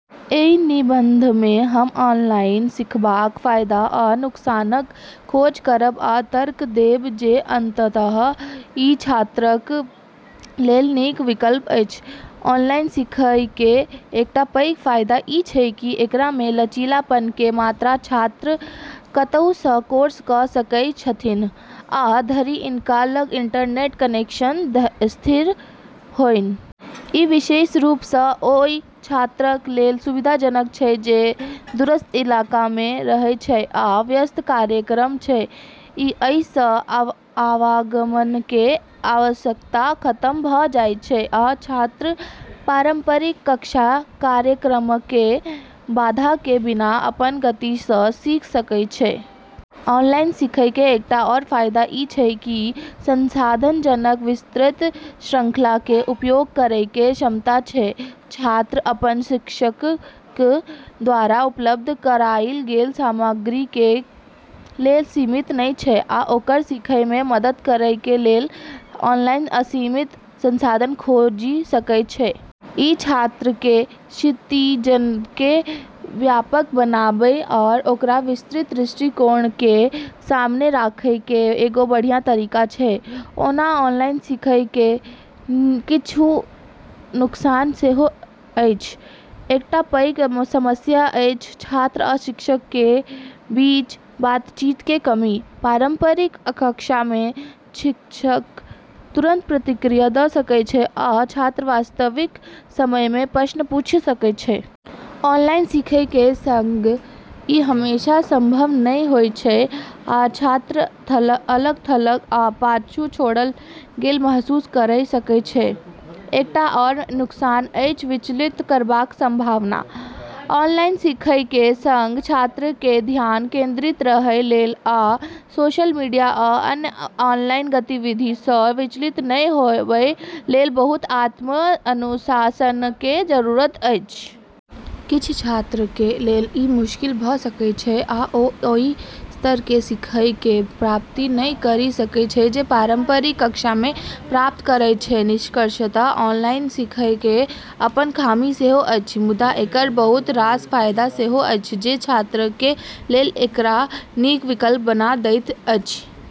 एहि निबंधमे हम ऑनलाइन सीखबाक फायदा आ नुकसानक खोज करब आ तर्क देब जे अंततः ई छात्रक लेल नीक विकल्प अछि। ऑनलाइन सिखैके एकटा पैघ फायदा ई छै कि एकरामे लचीलापनके मात्रा। छात्र कतहुसँ कोर्स क' सकै छथिन्ह, जा धरि हुनका लग इंटरनेट कनेक्शन स्थिर होइन। ई विशेष रूपसँ ओइ छात्रक लेल सुविधाजनक छै जे दूरस्थ इलाकामे रहै छै या व्यस्त कार्यक्रम छै। अइसँ आवागमनके आवश्यकता खतम भ' जाइत छै, आ छात्र पारंपरिक कक्षा कार्यक्रमके बाधाके बिना अपन गतिसँ सीख सकै छै। ऑनलाइन सिखैके एकटा आओर फाइदा ई छै कि संसाधनक विस्तृत श्रृंखलाके उपयोग करैके क्षमता छै। छात्र अपन शिक्षकक द्वारा उपलब्ध कराइल गेल सामग्रीके लेल सीमित नहि छै, आ ओकरा सीखयमे मदद करैके लेल ऑनलाइन असीमित संसाधन खोजि सकै छै। ई छात्रके क्षितिजके व्यापक बनाबै आओर ओकरा विस्तृत दृष्टिकोणके सामने राखैके एगो बढ़ियाँ तरीका छै। ओना ऑनलाइन सिखैके किछ नुकसान सेहो अछि। एकटा पैघ समस्या अछि छात्र आ शिक्षकके बीच बातचीतके कमी। पारंपरिक कक्षामे शिक्षक तुरंत प्रतिक्रिया द' सकै छै आ छात्र वास्तविक समयमे प्रश्न पूछि सकै छै। ऑनलाइन सिखैके सङ्ग ई हमेशा संभव नहि होइत छै, आ छात्र अलग-थलग या पाछू छोड़ल गेल महसूस करि सकै छै। एकटा आओर नुकसान अछि विचलित करबाक संभावना। ऑनलाइन सिखैके सङ्ग छात्रके धियान केंद्रित रहय लेल आ सोशल मीडिया या अन्य ऑनलाइन गतिविधिसँ विचलित नहि होबय लेल बहुत आत्म-अनुशासनके जरूरत अछि। किछ छात्रके लेल ई मुश्किल भ' सकैत छै, आ ओ ओइ स्तरके सिखैके प्राप्ति नहि करि सकै छै जे पारंपरिक कक्षामे प्राप्त करैत छै। निष्कर्षतः ऑनलाइन सिखैके अपन खामी सेहो अछि मुदा एकर बहुत रास फायदा सेहो अछि जे छात्रके लेल एकरा नीक विकल्प बना दैत अछि।